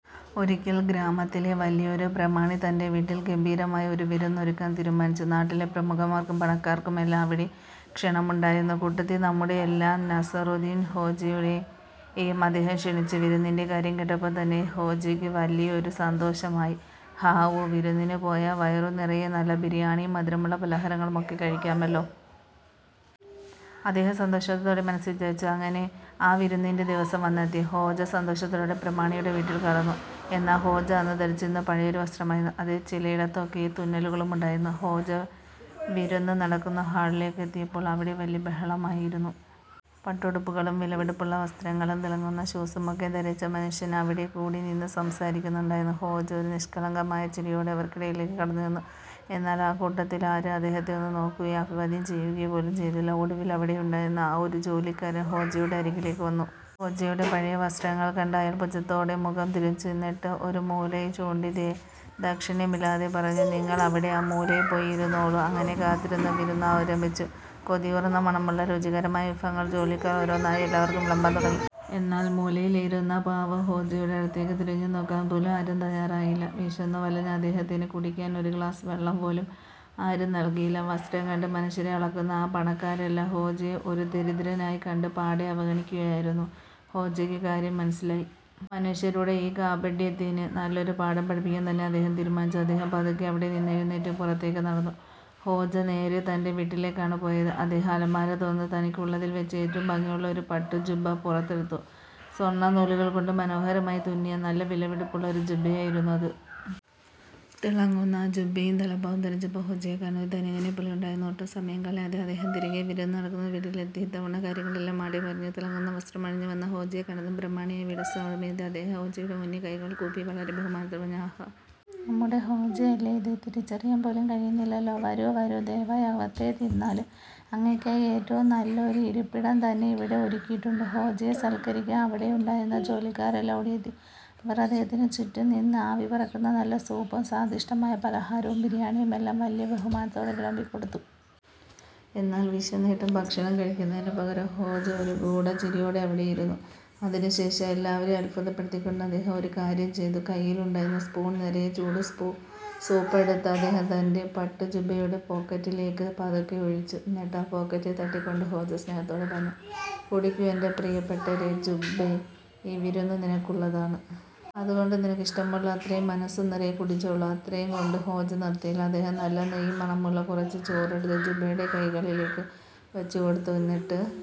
ഒരിക്കൽ, ഗ്രാമത്തിലെ വലിയൊരു പ്രമാണി തന്റെ വീട്ടിൽ ഗംഭീരമായ ഒരു വിരുന്ന് ഒരുക്കാൻ തീരുമാനിച്ചു. നാട്ടിലെ പ്രമുഖർക്കും പണക്കാർക്കുമെല്ലാം അവിടെ ക്ഷണമുണ്ടായിരുന്നു. കൂട്ടത്തിൽ നമ്മുടെ മുല്ലാ നസറുദ്ദീൻ ഹോജയെയും അദ്ദേഹം ക്ഷണിച്ചു. വിരുന്നിന്റെ കാര്യം കേട്ടപ്പോൾ തന്നെ ഹോജയ്ക്ക് വലിയ സന്തോഷമായി. "ഹാവൂ! വിരുന്നിന് പോയാൽ വയറു നിറയെ നല്ല ബിരിയാണിയും മധുരമുള്ള പലഹാരങ്ങളുമൊക്കെ കഴിക്കാമല്ലോ! " അദ്ദേഹം സന്തോഷത്തോടെ മനസ്സിൽ വിചാരിച്ചു. അങ്ങനെ, ആ വിരുന്നിന്റെ ദിവസവും വന്നെത്തി. ഹോജ സന്തോഷത്തോടെ പ്രമാണിയുടെ വീട്ടിലേക്ക് നടന്നു. എന്നാൽ, ഹോജ അന്ന് ധരിച്ചിരുന്നത് പഴയൊരു വസ്ത്രമായിരുന്നു. അതിൽ ചിലയിടത്തൊക്കെ തുന്നലുകളും ഉണ്ടായിരുന്നു. ഹോജ വിരുന്ന് നടക്കുന്ന ഹാളിലേക്ക് എത്തിയപ്പോൾ അവിടെ വലിയ ബഹളമായിരുന്നു. പട്ടുടുപ്പുകളും വിലപിടിപ്പുള്ള വസ്ത്രങ്ങളും തിളങ്ങുന്ന ഷൂസുമൊക്കെ ധരിച്ച മനുഷ്യർ അവിടെക്കൂടി നിന്ന് സംസാരിക്കുന്നുണ്ടായിരുന്നു. ഹോജ ഒരു നിഷ്കളങ്കമായ ചിരിയോടെ അവർക്കിടയിലേക്ക് നടന്നുചെന്നു. എന്നാൽ ആ കൂട്ടത്തിലാരും അദ്ദേഹത്തെ ഒന്ന് നോക്കുകയോ അഭിവാദ്യം ചെയ്യുകയോ പോലും ചെയ്തില്ല! ഒടുവിൽ അവിടെയുണ്ടായിരുന്ന ഒരു ജോലിക്കാരൻ ഹോജയുടെ അരികിലേക്ക് വന്നു. ഹോജയുടെ പഴയ വസ്ത്രങ്ങൾ കണ്ട അയാൾ പുച്ഛത്തോടെ മുഖം തിരിച്ചു. എന്നിട്ട് ഒരു മൂലയിലേക്ക് ചൂണ്ടി ദാക്ഷിണ്യമില്ലാതെ പറഞ്ഞു: "നിങ്ങൾ അവിടെ ആ മൂലയിൽ പോയി ഇരുന്നോളൂ! " അങ്ങനെ കാത്തിരുന്ന വിരുന്ന് ആരംഭിച്ചു. കൊതിയൂറുന്ന മണമുള്ള രുചികരമായ വിഭവങ്ങൾ ജോലിക്കാർ ഓരോന്നായി എല്ലാവർക്കും വിളമ്പാൻ തുടങ്ങി. എന്നാൽ, മൂലയിലിരുന്ന പാവം ഹോജയുടെ അടുത്തേക്ക് തിരിഞ്ഞുനോക്കാൻ പോലും ആരും തയ്യാറായില്ല. വിശന്നു വലഞ്ഞ അദ്ദേഹത്തിന് കുടിക്കാൻ ഒരു ഗ്ലാസ് വെള്ളം പോലും ആരും നൽകിയില്ല! വസ്ത്രം കണ്ട് മനുഷ്യരെ അളക്കുന്ന ആ പണക്കാരെല്ലാം ഹോജയെ ഒരു ദരിദ്രനായി കണ്ട് പാടെ അവഗണിക്കുകയായിരുന്നു. ഹോജയ്ക്ക് കാര്യം മനസ്സിലായി. മനുഷ്യരുടെ ഈ കാപട്യത്തിന് നല്ലൊരു പാഠം പഠിപ്പിക്കാൻ തന്നെ അദ്ദേഹം തീരുമാനിച്ചു. അദ്ദേഹം പതുക്കെ അവിടെനിന്നും എഴുന്നേറ്റ് പുറത്തേക്ക് നടന്നു. ഹോജ നേരെ തന്റെ വീട്ടിലേക്കാണ് പോയത്. അദ്ദേഹം അലമാര തുറന്ന്, തനിക്കുള്ളതിൽ വച്ച് ഏറ്റവും ഭംഗിയുള്ള ഒരു പട്ടുജുബ്ബ പുറത്തെടുത്തു. സ്വർണനൂലുകൾ കൊണ്ട് മനോഹരമായി തുന്നിയ, നല്ല വിലപിടിപ്പുള്ള ഒരു ജുബ്ബയായിരുന്നു അത്! തിളങ്ങുന്ന ആ ജുബ്ബയും തലപ്പാവും ധരിച്ചപ്പോൾ ഹോജയെ കാണാൻ ഒരു ധനികനെപ്പോലെ ഉണ്ടായിരുന്നു. ഒട്ടും സമയം കളയാതെ അദ്ദേഹം തിരികെ വിരുന്ന് നടക്കുന്ന വീട്ടിലേക്ക് എത്തി. ഇത്തവണ കാര്യങ്ങളെല്ലാം പാടെ മാറിമറിഞ്ഞു! തിളങ്ങുന്ന വസ്ത്രമണിഞ്ഞു വന്ന ഹോജയെ കണ്ടതും പ്രമാണിയായ വീട്ടുടമസ്ഥൻ ഓടിയെത്തി. അദ്ദേഹം ഹോജയ്ക്ക് മുന്നിൽ കൈകൾ കൂപ്പി വളരെ ബഹുമാനത്തോടെ പറഞ്ഞു: "ആഹാ! നമ്മുടെ ഹോജയല്ലേ ഇത്! തിരിച്ചറിയാൻ പോലും കഴിയുന്നില്ലല്ലോ! വരൂ… വരൂ… ദയവായി അകത്തേക്ക് ഇരുന്നാലും. അങ്ങേയ്ക്കായി ഏറ്റവും നല്ലൊരു ഇരിപ്പിടം തന്നെ ഇവിടെ ഒരുക്കിയിട്ടുണ്ട്. " ഹോജയെ സൽക്കരിക്കാൻ അവിടെയുണ്ടായിരുന്ന ജോലിക്കാരെല്ലാം ഓടിയെത്തി. അവർ അദ്ദേഹത്തിന് ചുറ്റും നിന്ന് ആവിപറക്കുന്ന നല്ല സൂപ്പും സ്വാദിഷ്ടമായ പലഹാരങ്ങളും ബിരിയാണിയുമെല്ലാം വലിയ ബഹുമാനത്തോടെ വിളമ്പിക്കൊടുത്തു. എന്നാൽ, വിശന്നിട്ടും ഭക്ഷണം കഴിക്കുന്നതിന് പകരം ഹോജ ഒരു ഗൂഢചിരിയോടെ അവിടെയിരുന്നു. അതിനുശേഷം എല്ലാവരെയും അത്ഭുതപ്പെടുത്തിക്കൊണ്ട് അദ്ദേഹം ഒരു കാര്യം ചെയ്തു! കയ്യിലുണ്ടായിരുന്ന സ്പൂൺ നിറയെ ചൂടുസൂപ്പ് എടുത്ത്, അദ്ദേഹം തന്റെ പട്ടുജുബ്ബയുടെ പോക്കറ്റിലേക്ക് പതുക്കെ ഒഴിച്ചു! എന്നിട്ട് ആ പോക്കറ്റിൽ തട്ടിക്കൊണ്ട് ഹോജ സ്നേഹത്തോടെ പറഞ്ഞു: "കുടിക്കൂ എന്റെ പ്രിയപ്പെട്ട ജുബ്ബേ… ഈ വിരുന്ന് നിനക്കുള്ളതാണ്. അതുകൊണ്ട് നിനക്കിഷ്ടമുള്ള അത്രയും മനസ്സുനിറയെ കുടിച്ചോളൂ! " അത്രയും കൊണ്ട് ഹോജ നിർത്തിയില്ല! അദ്ദേഹം നല്ല നെയ്മണമുള്ള കുറച്ചു ചോറെടുത്ത് ജുബ്ബയുടെ കൈകളിലേക്ക് വച്ചുകൊടുത്തു. എന്നിട്ട്